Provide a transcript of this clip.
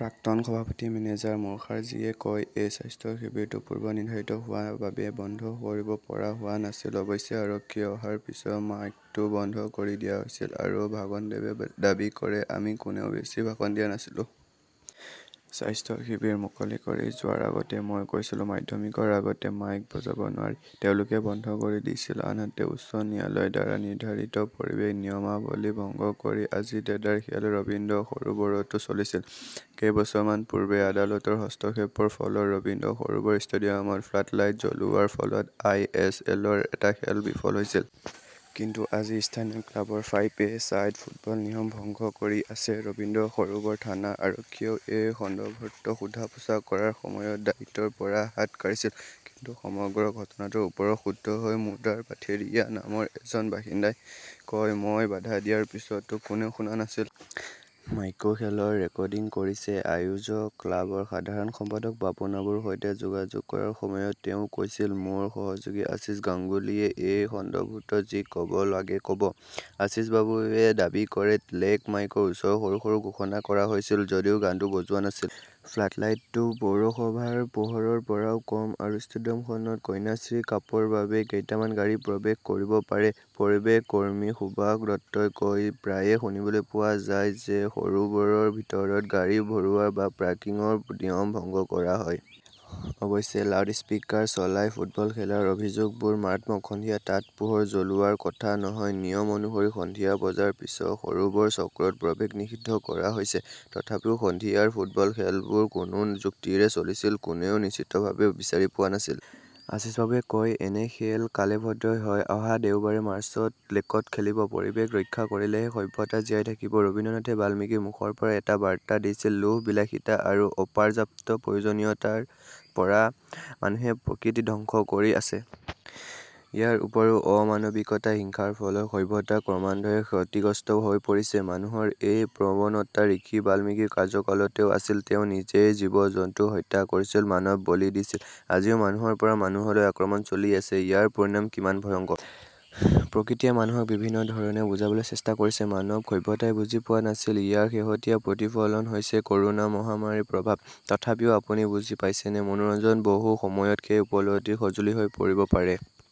প্ৰাক্তন সভাপতি মেনেজাৰ মুখাৰ্জীয়ে কয়, এই স্বাস্থ্য শিবিৰটো পূৰ্ব নিৰ্ধাৰিত হোৱাৰ বাবে বন্ধ কৰিব পৰা হোৱা নাছিল। অৱশ্যে আৰক্ষীয়ে অহাৰ পিছত মাইকটো বন্ধ কৰি দিয়া হৈছিল। আৰু ভগনদেৱে দাবী কৰে, আমি কোনেও বেছি ভাষণ দিয়া নাছিলো। স্বাস্থ্য শিবিৰ মুকলি কৰি যোৱাৰ আগতে মই কৈছিলো, মাধ্যমিকৰ আগতে মাইক বজাব নোৱাৰি। তেওঁলোকে বন্ধ কৰি দিছিল। আনহাতে, উচ্চ ন্যায়ালয়ৰ দ্বাৰা নিৰ্ধাৰিত পৰিৱেশ নিয়মাৱলী ভংগ কৰি আজি দেদাৰ খেল ৰবীন্দ্ৰ সৰোবৰতো চলিছিল। কেইবছৰমান পূৰ্বে আদালতৰ হস্তক্ষেপৰ ফলত ৰবীন্দ্ৰ সৰোবৰ ষ্টেডিয়ামত ফ্লাডলাইট জ্বলোৱাৰ ফলত আই এছ এলৰ এটা খেল বিফল হৈছিল। কিন্তু আজি স্থানীয় ক্লাবৰ ফাইভ এ চাইড ফুটবল নিয়ম ভংগ কৰি আছে। ৰবীন্দ্ৰ সৰোবৰ থানাৰ আৰক্ষীয়েও এই সন্দৰ্ভত সোধা-পোছা কৰাৰ সময়ত দায়িত্বৰ পৰা হাত সাৰিছিল। কিন্তু সমগ্ৰ ঘটনাটোৰ ওপৰত ক্ষুব্ধ হৈ মুদাৰ পাথেৰিয়া নামৰ এজন বাসিন্দাই কয়, মই বাধা দিয়াৰ পিছতো কোনেও শুনা নাছিল। মাইকেও খেলৰ ৰেকৰ্ডিং কৰিছে। আয়োজক ক্লাবৰ সাধাৰণ সম্পাদক বাবুনাবুৰ সৈতে যোগাযোগ কৰাৰ সময়ত তেওঁ কৈছিল, মোৰ সহযোগী আশীষ গাংগুলীয়ে এই সন্দৰ্ভত যি ক'ব লাগে ক'ব। আশিসবাবুৱে দাবী কৰে, লেক মাইকৰ ওচৰত সৰু সৰু ঘোষণা কৰা হৈছিল যদিও গানটো বজোৱা নাছিল। ফ্লাডলাইটটো পৌৰসভাৰ পোহৰৰ পৰাও কম। আৰু ষ্টেডিয়ামখনত কন্যাশ্ৰী কাপৰ বাবে কেইটামান গাড়ী প্ৰৱেশ কৰিব পাৰে। পৰিৱেশ কৰ্মী সুভাষ দত্তই কয়, প্ৰায়ে শুনিবলৈ পোৱা যায় যে সৰোবৰৰ ভিতৰত গাড়ী ভৰোৱা বা পাৰ্কিংৰ নিয়ম ভংগ কৰা হয়। অৱশ্যে, লাউডস্পিকাৰ চলাই ফুটবল খেলাৰ অভিযোগবোৰ মাৰাত্মক। সন্ধিয়া তাত পোহৰ জ্বলোৱাৰ কথা নহয়। নিয়ম অনুসৰি সন্ধিয়া বজাৰ পিছত সৰোবৰ চক্ৰত প্ৰৱেশ নিষিদ্ধ কৰা হৈছে। তথাপিও সন্ধিয়াৰ ফুটবল খেলবোৰ কোনো যুক্তিৰে চলিছিল, কোনেও নিশ্চিতভাৱে বিচাৰি পোৱা নাছিল। আশীছবাবুৱে কয় এনে খেল কালেভদ্ৰেই হয় অহা দেওবাৰ, মাৰ্চত লেকত খেলিব। পৰিৱেশ ৰক্ষা কৰিলেহে সভ্যতা জীয়াই থাকিব, ৰবীন্দ্ৰনাথে বাল্মীকিৰ মুখৰ পৰা এটা বাৰ্তা দিছিল লোভ, বিলাসিতা আৰু অপৰ্যাপ্ত প্ৰয়োজনীয়তাৰ পৰা মানুহে প্ৰকৃতি ধ্বংস কৰি আছে। ইয়াৰ উপৰিও, অমানৱিকতা, হিংসাৰ ফলত সভ্যতা ক্ৰমান্বয়ে ক্ষতিগ্ৰস্ত হৈ পৰিছে। মানুহৰ এই প্ৰৱণতা ঋষি বাল্মীকিৰ কাৰ্যকালতও আছিল। তেওঁ নিজেই জীৱ-জন্তু হত্যা কৰিছিল, মানৱ বলি দিছিল। আজিও মানুহৰ পৰা মানুহলৈ আক্ৰমণ চলি আছে। ইয়াৰ পৰিণাম কিমান ভয়ংকৰ। প্ৰকৃতিয়ে মানুহক বিভিন্ন ধৰণে বুজাবলৈ চেষ্টা কৰিছে। মানৱ সভ্যতাই বুজি পোৱা নাছিল। ইয়াৰ শেহতীয়া প্ৰতিফলন হৈছে কৰোনা মহামাৰীৰ প্ৰভাৱ। তথাপিও আপুনি বুজি পাইছেনে? মনোৰঞ্জন বহু সময়ত সেই উপলব্ধিৰ সঁজুলি হৈ পৰিব পাৰে।